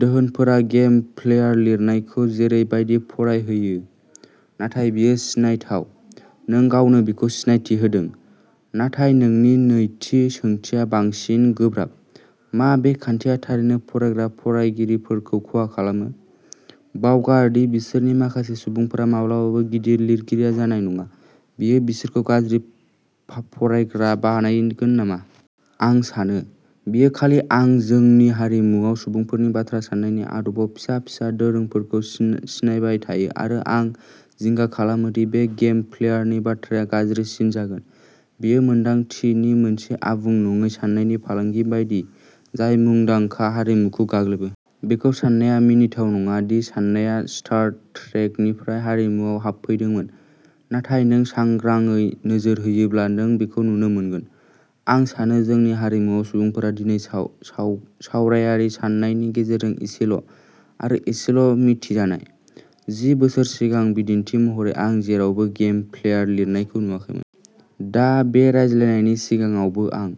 दोहोनफोरा game player लिरनायखौ जेरै बायदि फरायहोयो। नाथाय बेयो सिनायथाव। नों गावनो बेखौ सिनायथि होदों। नाथाय नोंनि नैथि सोंथिया बांसिन गोब्राब। मा बे खान्थिया थारैनो फरायग्रा फरायगिरिफोरखौ खहा खालामो। बावगार दि बिसोरनि माखासे सुबुंफोरा माब्लाबाबो गिदिर लिरगिरि जानाय नङा, बेयो बिसोरखौ गाज्रि फरायग्रा बानायगोन नामा? आं सानो। बेयो खालि आं जोंनि हारिमुआव सुबुंफोरनि बाथ्रा साननायनि आदबआव फिसा-फिसा दोरोंफोरखौ सिनायबाय थायो आरो आं जिंगा खालामो दि बे गेम प्लेयारनि बाथ्राया गाज्रिसिन जागोन। बेयो मोनदांथि नि मोनसे आबुं नङै साननायनि फालांगि बायदि, जाय मुंदांखा हारिमुखौ गाग्लोबो। बेखौ सान्नाया मिनिथाव नङा दि साननाया स्टार ट्रेकनिफ्राय हारिमुआव हाबफैदोंमोन, नाथाय नों सांग्राङै नोजोर होयोब्ला, नों बेखौ नुनो मोनगोन। आं सानो जोंनि हारिमुआव सुबुंफोरा दिनै सावरायारि साननायनि गेजेरजों एसेल' आरो एसेल' मिथिजानाय। जि बोसोर सिगां, बिदिन्थि महरै, आं जेरावबो गेम प्लेयार लिरनायखौ नुवाखैमोन। दा, बे रायज्लायनायनि सिगाङावबो आं।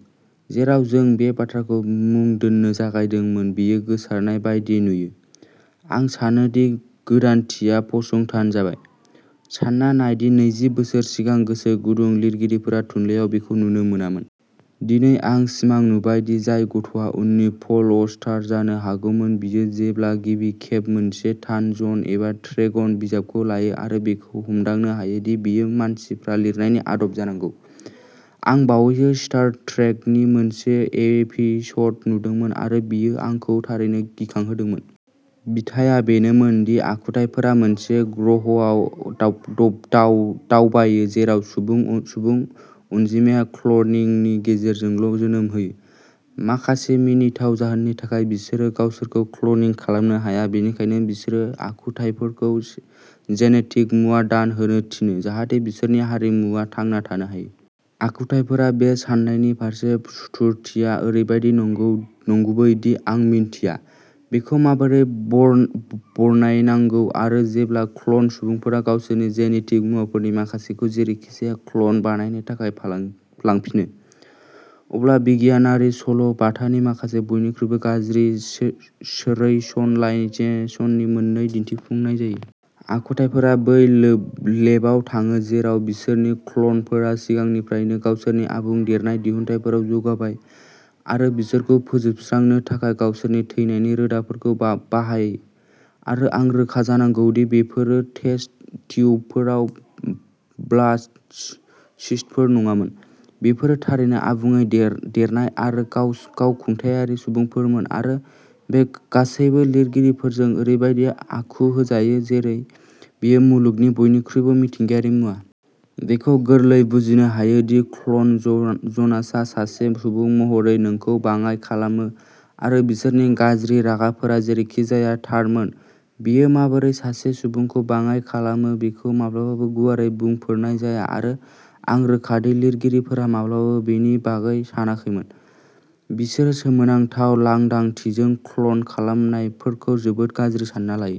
जेराव जों बे बाथ्राखौ मुं दोन्नो जागायदोंमोन, बेयो गोसारनाय बायदि नुयो। आं सानो दि गोदानथिया फसंथान जाबाय। सान्ना नाय दि नैजि बोसोर सिगां, गोसो गुदुं लिरगिरिफोरा थुनलाइयाव बेखौ नुनो मोनामोन। दिनै, आं सिमां नुबाय दि जाय गथ'आ उननि पल अस्टार जानो हागौमोन, बियो जेब्ला गिबि खेब मोनसे थानजन एबा ड्रेगन बिजाबखौ लायो आरो बेखौ हमदांनो हायो दि बेयो मानसिफ्रा लिरनायनि आदब जानांगौ। आं बावैसो स्टार ट्रेकनि मोनसे एपिसड नुदोंमोन आरो बेयो आंखौ थारैनो गिखांहोदोंमोन। बिथाया बेनोमोन दि आखुथाइफोरा मोनसे ग्रहआव दावबायो जेराव सुबुं, सुबुं अनजिमाया क्लनिंनि गेजेरजोंल' जोनोम होयो। माखासे मिनिथाव जाहोननि थाखाय बिसोरो गावसोरखौ क्लनिं खालामनो हाया, बेनिखायनो बिसोरो आखुथाइफोरखौ जेनेटिक मुवा दान होनो थिनो जाहाथे बिसोरनि हारिमुआ थांना थानो हायो। आखुथाइफोरा बे साननायनि फारसे सुथुरथिया ओरैबादि नंगुबै दि आं मिन्थिया। बेखौ माबोरै बरनायनांगौ। आरो जेब्ला क्ल'न सुबुंफोरा गावसोरनि जेनेटिक मुवाफोरनि माखासेखौ जेरैखिजाया क्ल'न बानायनो थाखाय लांफिनो, अब्ला बिगियानारि सल' बाथानि माखासे बयनिख्रुइबो गाज्रि रैशनलाइजेसननि मोनसे दिन्थिफुंनाय जायो। आखुथाइफोरा बै लेबआव थाङो जेराव बिसोरनि क्ल'नफोरा सिगांनिफ्रायनो गावसोरनि आबुं देरनाय दिहुनथाइफोराव जौगाबाय, आरो बिसोरखौ फोजोबस्रांनो थाखाय गावसोरनि थैनायनि रोदाफोरखौ बाहायो आरो आं रोखा जानांगौ दि बेफोरो टेस्ट ट्युबफोराव ब्लास्ट'सिस्टफोर नङामोन। बेफोरो थारैनो आबुङै देरनाय आरो गावखुंथायारि सुबुंफोरमोन आरो बे गासैबो लिरगिरिफोरजों ओरैबायदि आखु होजायो जेरै बेयो मुलुगनि बयनिख्रुइबो मिथिंगायारि मुवा। बेखौ गोरलैयै बुजिनो हायो दि क्ल'न जानाया सासे सुबुं महरै नोंखौ बाङाइ खालामो आरो बिसोरनि गाज्रि रागाफोरा जेरैखिजाया थारमोन। बेयो माबोरै सासे सुबुंखौ बाङाइ खालामो बेखौ माब्लाबाबो गुवारै बुंफोरनाय जाया आरो आं रोखा दि लिरगिरिफोरा माब्लाबाबो बेनि बागै सानाखैमोन। बिसोरो सोमोनांथाव लांदांथिजों, क्ल'न खालामनायफोरखौ जोबोद गाज्रि सान्ना लायो।